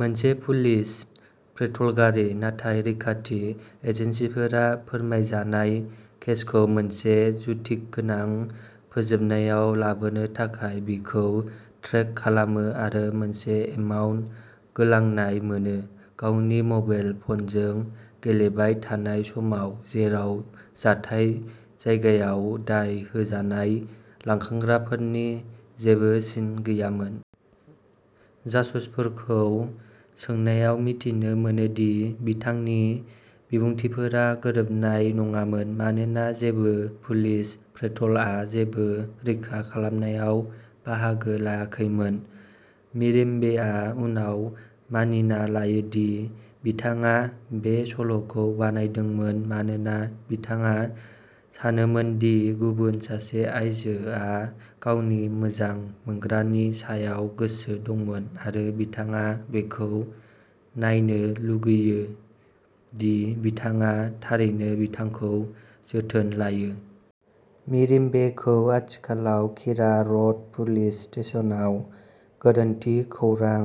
मोनसे police patrol गारि। नाथाय रैखाथि एजेन्सिफोरा फोरमायजानाय केसखौ मोनसे जुक्तिगोनां फोजोबनायाव लाबोनो थाखाय, बिखौ ट्रेक खालामो आरो मोनसे एमाव गोलांनाय मोनो, गावनि मबाइल फनजों गेलेबाय थानाय समाव, जेराव जाथाय जायगायाव दाय होजानाय लांखारग्राफोरनि जेबो सिन गैयामोन। जासुसफोरखौ सोंनायाव मिथिनो मोनो दि बिथांनि बिबुंथिफोरा गोरोबनाय नङामोन, मानोना जेबो पुलिस पेट्रलआ जेबो रैखा खालामनायाव बाहागो लायाखैमोन। मिरेम्बेआ उनाव मानिना लायो दि बिथाङा बे सल'खौ बानायदोंमोन मानोना बिथाङा सानोमोनदि गुबुन सासे आइजोआ गावनि मोजां मोनग्रानि सायाव गोसो दंमोन आरो बिथाङा बेखौ नायनो लुगैयो दि बिथाङा'थारैनो बिथांखौ जोथोन लायो'। मिरेम्बेखौ आथिखालाव किरा रड पुलिस स्टेशनाव गोरोन्थि खौरां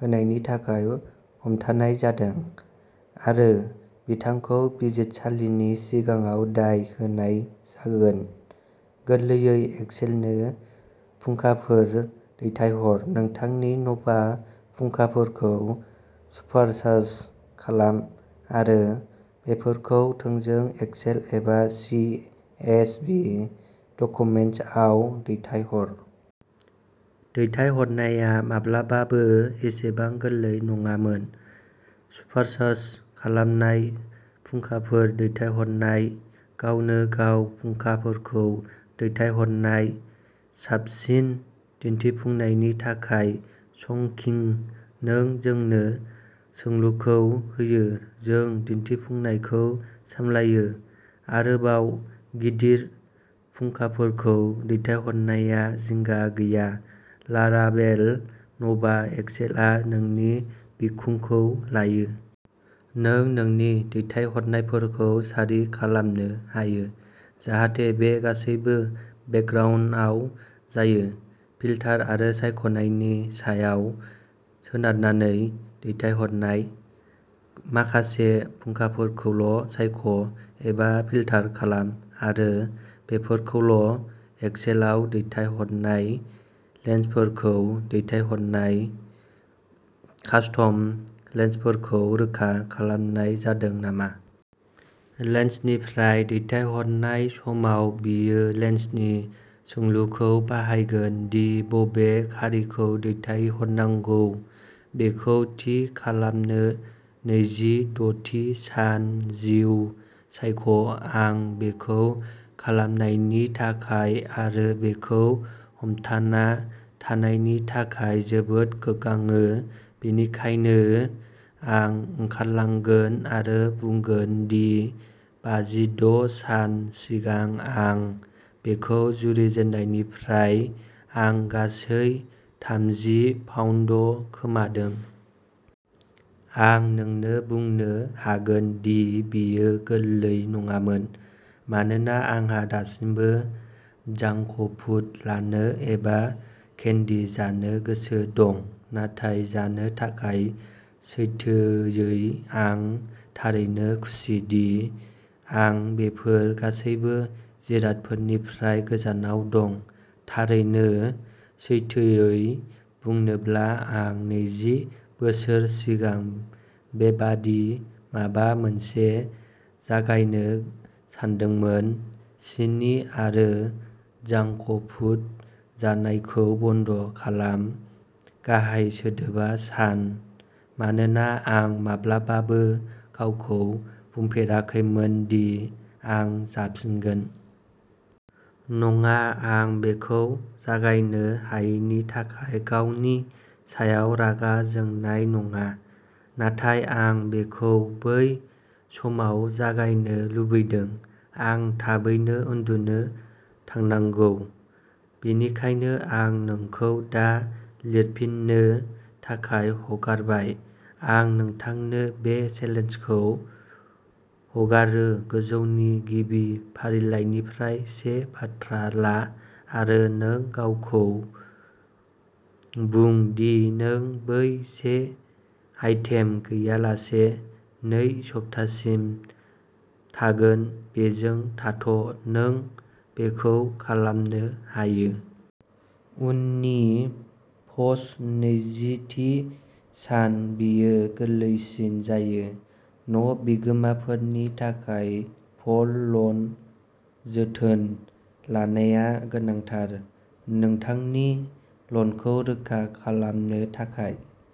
होनायनि थाखाय हमथानाय जादों आरो बिथांखौ बिजिरसालिनि सिगाङाव दाय होनाय जागोन। गोरलैयै एक्सेलनो फुंखाफोर दैथायहर। नोंथांनि नभा फुंखाफोरखौ सुपारचार्ज खालाम आरो बेफोरखौ थोंजों एक्सेल एबा सि एस भि डकुमेन्टआव दैथायहर। दैथायहरनाया माब्लाबाबो एसेबां गोरलै नङामोन। सुपारचार्ज खालामनाय फुंखाफोर दैथायहरनाय। गावनो गाव फुंखाफोरखौ दैथायहरनाय। साबसिन दिन्थिफुंनायनि थाखाय चंकिं। नों जोंनो सोंलुखौ होयो, जों दिन्थिफुंनायखौ सामलायो। आरोबाव गिदिर फुंखाफोरखौ दैथायहरनाया जिंगा गैया, लाराभेल नभा एक्सेलआ नोंनि बिखुंखौ लायो। नों नोंनि दैथायहरनायफोरखौ सारि खालामनो हायो जाहाथे बे गासैबो बेकग्राउन्दआव जायो। फिल्टार आरो सायख'नायनि सायाव सोनारनानै दैथायहरनाय। माखासे फुंखाफोरखौल' सायख' एबा फिल्टार खालाम आरो बेफोरखौल' एक्सेलआव दैथायहरनाय लेन्सफोरखौ दैथायहरनाय। कास्टम लेन्सफोरखौ रोखा खालामनाय जादों नामा? लेन्सनिफ्राय दैथायहरनाय समाव, बेयो लेन्सनि सोंलुखौ बाहायगोन दि बबे खारिखौ दैथायहरनांगौ बेखौ थि खालामनो! नैजि द'थि सान-जिउ सायख' आं बेखौ खालामनायनि थाखाय आरो बेखौ हमथाना थानायनि थाखाय जोबोद गोग्गाङो। बेनिखायनो आं ओंखारलांगोन आरो बुंगोन दि बाजिद' सान सिगां आं बेखौ जुरिजेननायनिफ्राय आं गासै थामजि पाउन्द खोमादों। आं नोंनो बुंनो हागोन दि बेयो गोरलै नङामोन मानोना आंहा दासिमबो जांक फुड लानो एबा केन्डी जानो गोसो दं, नाथाय जानो थाखाय। सैथोयै, आं थारैनो खुसिदि आं बेफोर गासैबो जिरादफोरनिफ्राय गोजानाव दं। थारैनो सैथोयै बुंनोब्ला आं नैजि बोसोर सिगां बेबादि माबा मोनसे जागायनो सानदोंमोन, सिनि आरो जांक फुड जानायखौ बन्द खालाम गाहाय सोदोबा' सान' मानोना आं माब्लाबाबो गावखौ बुंफेराखैमोन दि आं जाफिनगोन। नङा, आं बेखौ जागायनो हायैनि थाखाय गावनि सायाव रागा जोंनाय नङा, नाथाय आं बेखौ बै समाव जागायनो लुबैदों। आं थाबैनो उन्दुनो थांनांगौ, बेनिखायनो आं नोंखौ दा लिरफिन्नो थाखाय हगारबाय। आं नोंथांनो बे चेलेन्जखौ हगारो-गोजौनि गिबि फारिलाइनिफ्राय से बाथ्रा ला आरो नों गावखौ बुं दि नों बै से आइटेम गैयालासे नै सप्तासिम थागोन बेजों थाथ ' नों बेखौ खालामनो हायो। उननि पस्ट नैजिथि सान-बेयो गोरलैसिन जायो न'बिगोमाफोरनि थाखाय फल लन जोथोन लानाया गोनांथार। नोंथांनि लनखौ रोखा खालामनो थाखाय।